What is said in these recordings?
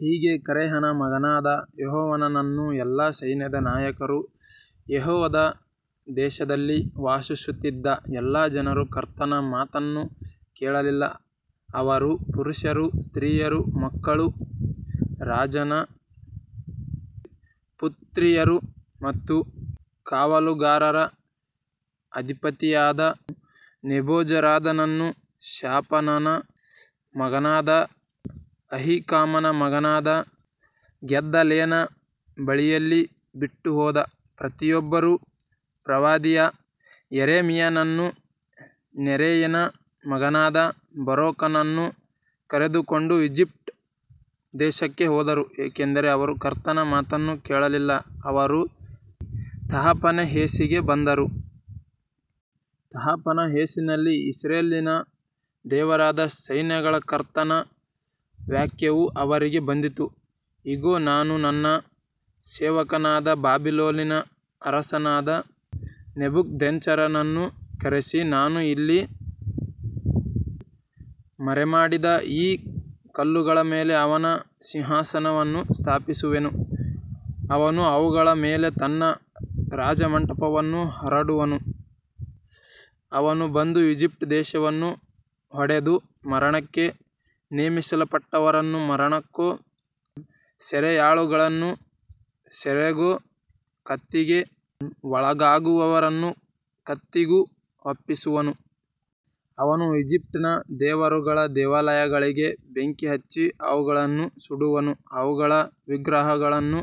ಹೀಗೆ ಕರೇಹನ ಮಗನಾದ ಯೋಹಾನಾನನೂ, ಎಲ್ಲಾ ಸೈನ್ಯದ ನಾಯಕರೂ, ಯೆಹೂದ ದೇಶದಲ್ಲಿ ವಾಸಿಸುತ್ತಿದ್ದ ಎಲ್ಲಾ ಜನರೂ ಕರ್ತನ ಮಾತನ್ನು ಕೇಳಲಿಲ್ಲ. ಅವರು ಪುರುಷರೂ ಸ್ತ್ರೀಯರೂ ಮಕ್ಕಳೂ ರಾಜನ ಪುತ್ರಿಯರೂ ಮತ್ತು ಕಾವಲುಗಾರರ ಅಧಿಪತಿಯಾದ ನೆಬೂಜರದಾನನು ಶಾಫಾನನ ಮಗನಾದ ಅಹೀಕಾಮನ ಮಗನಾದ ಗೆದಲ್ಯನ ಬಳಿಯಲ್ಲಿ ಬಿಟ್ಟುಹೋದ ಪ್ರತಿಯೊಬ್ಬರೂ, ಪ್ರವಾದಿಯಾದ ಯೆರೆಮೀಯನನ್ನೂ ನೆರೀಯನ ಮಗನಾದ ಬಾರೂಕನನ್ನೂ ಕರೆದುಕೊಂಡು ಈಜಿಪ್ಟ್ ದೇಶಕ್ಕೆ ಹೋದರು, ಏಕೆಂದರೆ ಅವರು ಕರ್ತನ ಮಾತನ್ನು ಕೇಳಲಿಲ್ಲ, ಅವರು ತಹಪನೇಹೆಸಿಗೆ ಬಂದರು. ತಹಪನೇಹೆಸಿನಲ್ಲಿ ಇಸ್ರಾಯೇಲಿನ ದೇವರಾದ ಸೈನ್ಯಗಳ ಕರ್ತನ ವಾಕ್ಯವು ಅವರಿಗೆ ಬಂದಿತು, ಇಗೋ, ನಾನು ನನ್ನ ಸೇವಕನಾದ ಬಾಬಿಲೋನಿನ ಅರಸನಾದ ನೆಬೂಕದ್ನೆಚ್ಚರನನ್ನು ಕರೆಸಿ, ನಾನು ಇಲ್ಲಿ ಮರೆಮಾಡಿದ ಈ ಕಲ್ಲುಗಳ ಮೇಲೆ ಅವನ ಸಿಂಹಾಸನವನ್ನು ಸ್ಥಾಪಿಸುವೆನು, ಅವನು ಅವುಗಳ ಮೇಲೆ ತನ್ನ ರಾಜಮಂಟಪವನ್ನು ಹರಡುವನು. ಅವನು ಬಂದು ಈಜಿಪ್ಟ್ ದೇಶವನ್ನು ಹೊಡೆದು, ಮರಣಕ್ಕೆ ನೇಮಿಸಲ್ಪಟ್ಟವರನ್ನು ಮರಣಕ್ಕೂ, ಸೆರೆಯಾಳುಗಳನ್ನು ಸೆರೆಗೂ, ಕತ್ತಿಗೆ ಒಳಗಾಗುವವರನ್ನು ಕತ್ತಿಗೂ ಒಪ್ಪಿಸುವನು. ಅವನು ಈಜಿಪ್ಟಿನ ದೇವರುಗಳ ದೇವಾಲಯಗಳಿಗೆ ಬೆಂಕಿ ಹಚ್ಚಿ ಅವುಗಳನ್ನು ಸುಡುವನು, ಅವುಗಳ ವಿಗ್ರಹಗಳನ್ನು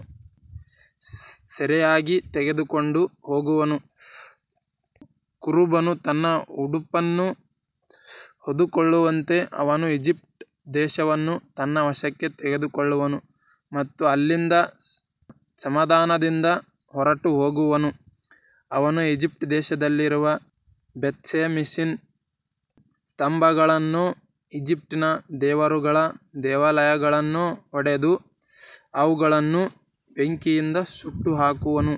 ಸೆರೆಯಾಗಿ ತೆಗೆದುಕೊಂಡು ಹೋಗುವನು. ಕುರುಬನು ತನ್ನ ಉಡುಪನ್ನು ಹೊದ್ದುಕೊಳ್ಳುವಂತೆ ಅವನು ಈಜಿಪ್ಟ್ ದೇಶವನ್ನು ತನ್ನ ವಶಕ್ಕೆ ತೆಗೆದುಕೊಳ್ಳುವನು ಮತ್ತು ಅಲ್ಲಿಂದ ಸಮಾಧಾನದಿಂದ ಹೊರಟುಹೋಗುವನು. ಅವನು ಈಜಿಪ್ಟ್ ದೇಶದಲ್ಲಿರುವ ಬೇತ್‌ಶೆಮೆಷಿನ ಸ್ತಂಭಗಳನ್ನೂ ಈಜಿಪ್ಟಿನ ದೇವರುಗಳ ದೇವಾಲಯಗಳನ್ನೂ ಒಡೆದು, ಅವುಗಳನ್ನು ಬೆಂಕಿಯಿಂದ ಸುಟ್ಟುಹಾಕುವನು.